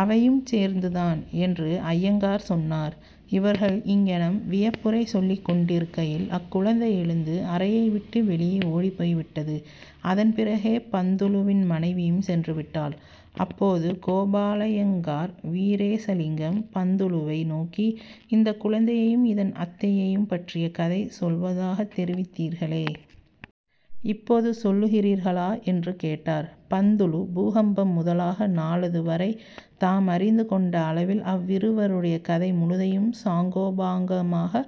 ''அவையும் சேர்ந்துதான்'' என்று அய்யங்கார் சொன்னார். இவர்கள் இங்ஙனம் வியப்புரை சொல்லிக் கொண்டிருக்கையில் அக்குழந்தை எழுந்து அறையை விட்டு வெளியே ஓடிப் போய்விட்டது. அதன் பிறகே பந்துலுவின் மனைவியும் சென்றுவிட்டாள். அப்போது கோபாலய்யங்கார் வீரேசலிங்கம் பந்துலுவை நோக்கி, ''இந்தக் குழந்தையையும் இதன் அத்தையையும் பற்றிய கதை சொல்வதாகத் தெரிவித்தீர்களே? இப்போது சொல்லுகிறீர்களா? '' என்று கேட்டார். பந்துலு பூகம்பம் முதலாக நாளதுவரை தாமறிந்து கொண்ட அளவில் அவ்விருவருடைய கதை முழுதையும் சாங்கோபாங்கமாக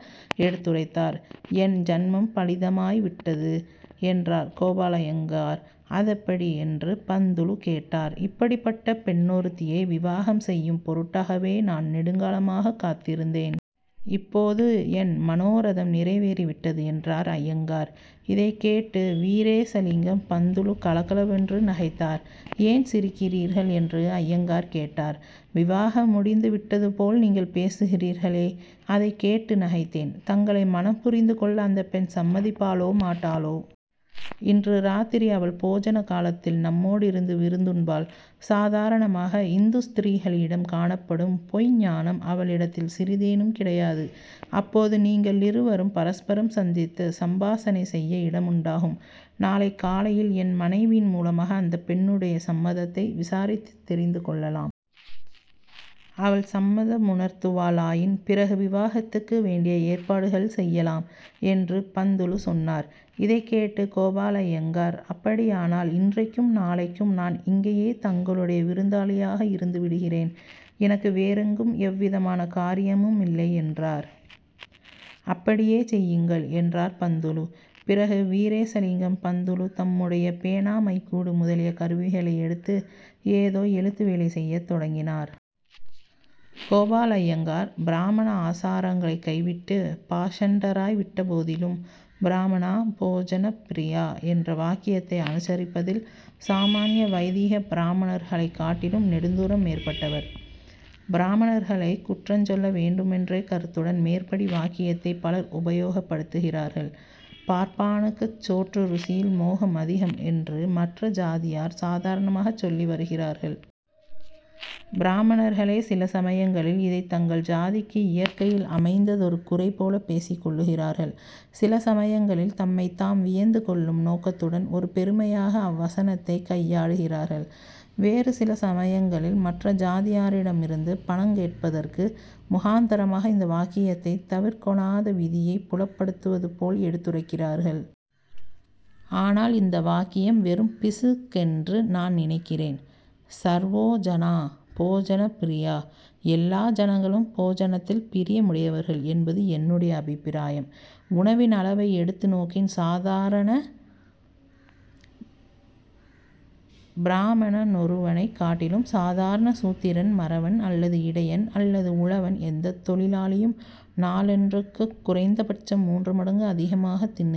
எடுத்துரைத்தார். ''என் ஜன்மம் பலிதமாய் விட்டது'' என்றார் கோபாலய்யங்கார். ''அதெப்படி? '' என்று பந்துலு கேட்டார். ''இப்படிப்பட்ட பெண்ணொருத்தியை விவாகம் செய்யும் பொருட்டாகவே நான் நெடுங்காலமாகக் காத்திருந்தேன். இப்போது என் மனோரதம் நிறைவேறிவிட்டது'' என்றார் அய்யங்கார். இதைக் கேட்டு வீரேசலிங்கம் பந்துலு கலகலவென்று நகைத்தார். ''ஏன் சிரிக்கிறீர்கள்? '' என்று அய்யங்கார் கேட்டார். ''விவாகம் முடிந்து விட்டதுபோல் நீங்கள் பேசுகிறீர்களே! அதைக் கேட்டு நகைத்தேன். தங்களை மணம் புரிந்து கொள்ள அந்தப் பெண் சம்மதிப்பாளோ மாட்டாளோ? இன்று ராத்திரி அவள் போஜன காலத்தில் நம்மோடிருந்து விருந்துண்பாள். சாதாரணமாக, இந்து ஸ்திரீகளிடம் காணப்படும் பொய்ந்நாணம் அவளிடத்தில் சிறிதேனும் கிடையாது. அப்போது நீங்களிருவரும் பரஸ்பரம் சந்தித்து சம்பாஷணை செய்ய இடமுண்டாகும். நாளைக் காலையில் என் மனைவியின் மூலமாக அந்தப் பெண்ணுடைய சம்மதத்தை விசாரித்துத் தெரிந்து கொள்ளலாம். அவள் சம்மதமுணர்த்துவாளாயின், பிறகு விவாகத்துக்கு வேண்டிய ஏற்பாடுகள் செய்யலாம்'' என்று பந்துலு சொன்னார். இதைக் கேட்டு கோபாலய்யங்கார் ''அப்படியானால் இன்றைக்கும் நாளைக்கும் நான் இங்கேயே தங்களுடைய விருந்தாளியாக இருந்து விடுகிறேன். எனக்கு வேறெங்கும் எவ்விதமான காரியமுமில்லை'' என்றார். ''அப்படியே செய்யுங்கள்'' என்றார் பந்துலு. பிறகு வீரேசலிங்கம் பந்துலு தம்முடைய பேனா மைக்கூடு முதலிய கருவிகளை எடுத்து ஏதோ எழுத்து வேலை செய்யத் தொடங்கினார். கோபாலய்யங்கார் பிராமண ஆசாரங்களைக் கைவிட்டுப் பாஷண்டராய் விட்டபோதிலும், ''பிராமணா: போஜனப்ரியா: '' என்ற வாக்கியத்தை அனுசரிப்பதில் சாமான்ய வைதிக பிராமணர்களைக் காட்டிலும் நெடுந்தூரம் மேற்பட்டவர். பிராமணர்களை குற்றஞ் சொல்ல வேண்டுமென்ற கருத்துடன் மேற்படி வாக்கியத்தைப் பலர் உபயோகப்படுத்துகிறார்கள். 'பார்ப்பானுக்குச் சோற்று ருசியில் மோகம் அதிகம்' என்று மற்ற ஜாதியார் சாதாரணமாகச் சொல்லி வருகிறார்கள். பிராமணர்களே சில சமயங்களில் இதைத் தங்கள் ஜாதிக்கு இயற்கையில் அமைந்ததொரு குறை போல பேசிக்கொள்ளுகிறார்கள். சில சமயங்களில் தம்மைத் தாம் வியந்து கொள்ளும் நோக்கத்துடன் ஒரு பெருமையாக அவ்வசனத்தைக் கையாடுகிறார்கள். வேறு சில சமயங்களில் மற்ற ஜாதியாரிடமிருந்து பணங் கேட்பதற்கு முகாந்தரமாக இந்த வாக்கியத்தைத் தவிர்க்கொணாத விதியைப் புலப்படுத்துவது போல் எடுத்துரைக்கிறார்கள். ஆனால் இந்த வாக்கியம் வெறும் பிசகென்று நான் நினைக்கிறேன். ''ஸர்வோ ஜநா: போஜனப்பிரியா:'' எல்லா ஜனங்களும் போஜனத்தில் பிரியமுடையவர்கள் என்பது என்னுடைய அபிப்பிராயம். உணவின் அளவை எடுத்து நோக்கின் சாதாரண பிராமணனொருவனைக் காட்டிலும் சாதாரண சூத்திரன் மறவன், அல்லது இடையன், அல்லது உழவன், எந்தத் தொழிலாளியும்-நாளன்றுக்குக் குறைந்த பட்சம் மூன்று மடங்கு அதிகமாகத் தின்னுகிறான்.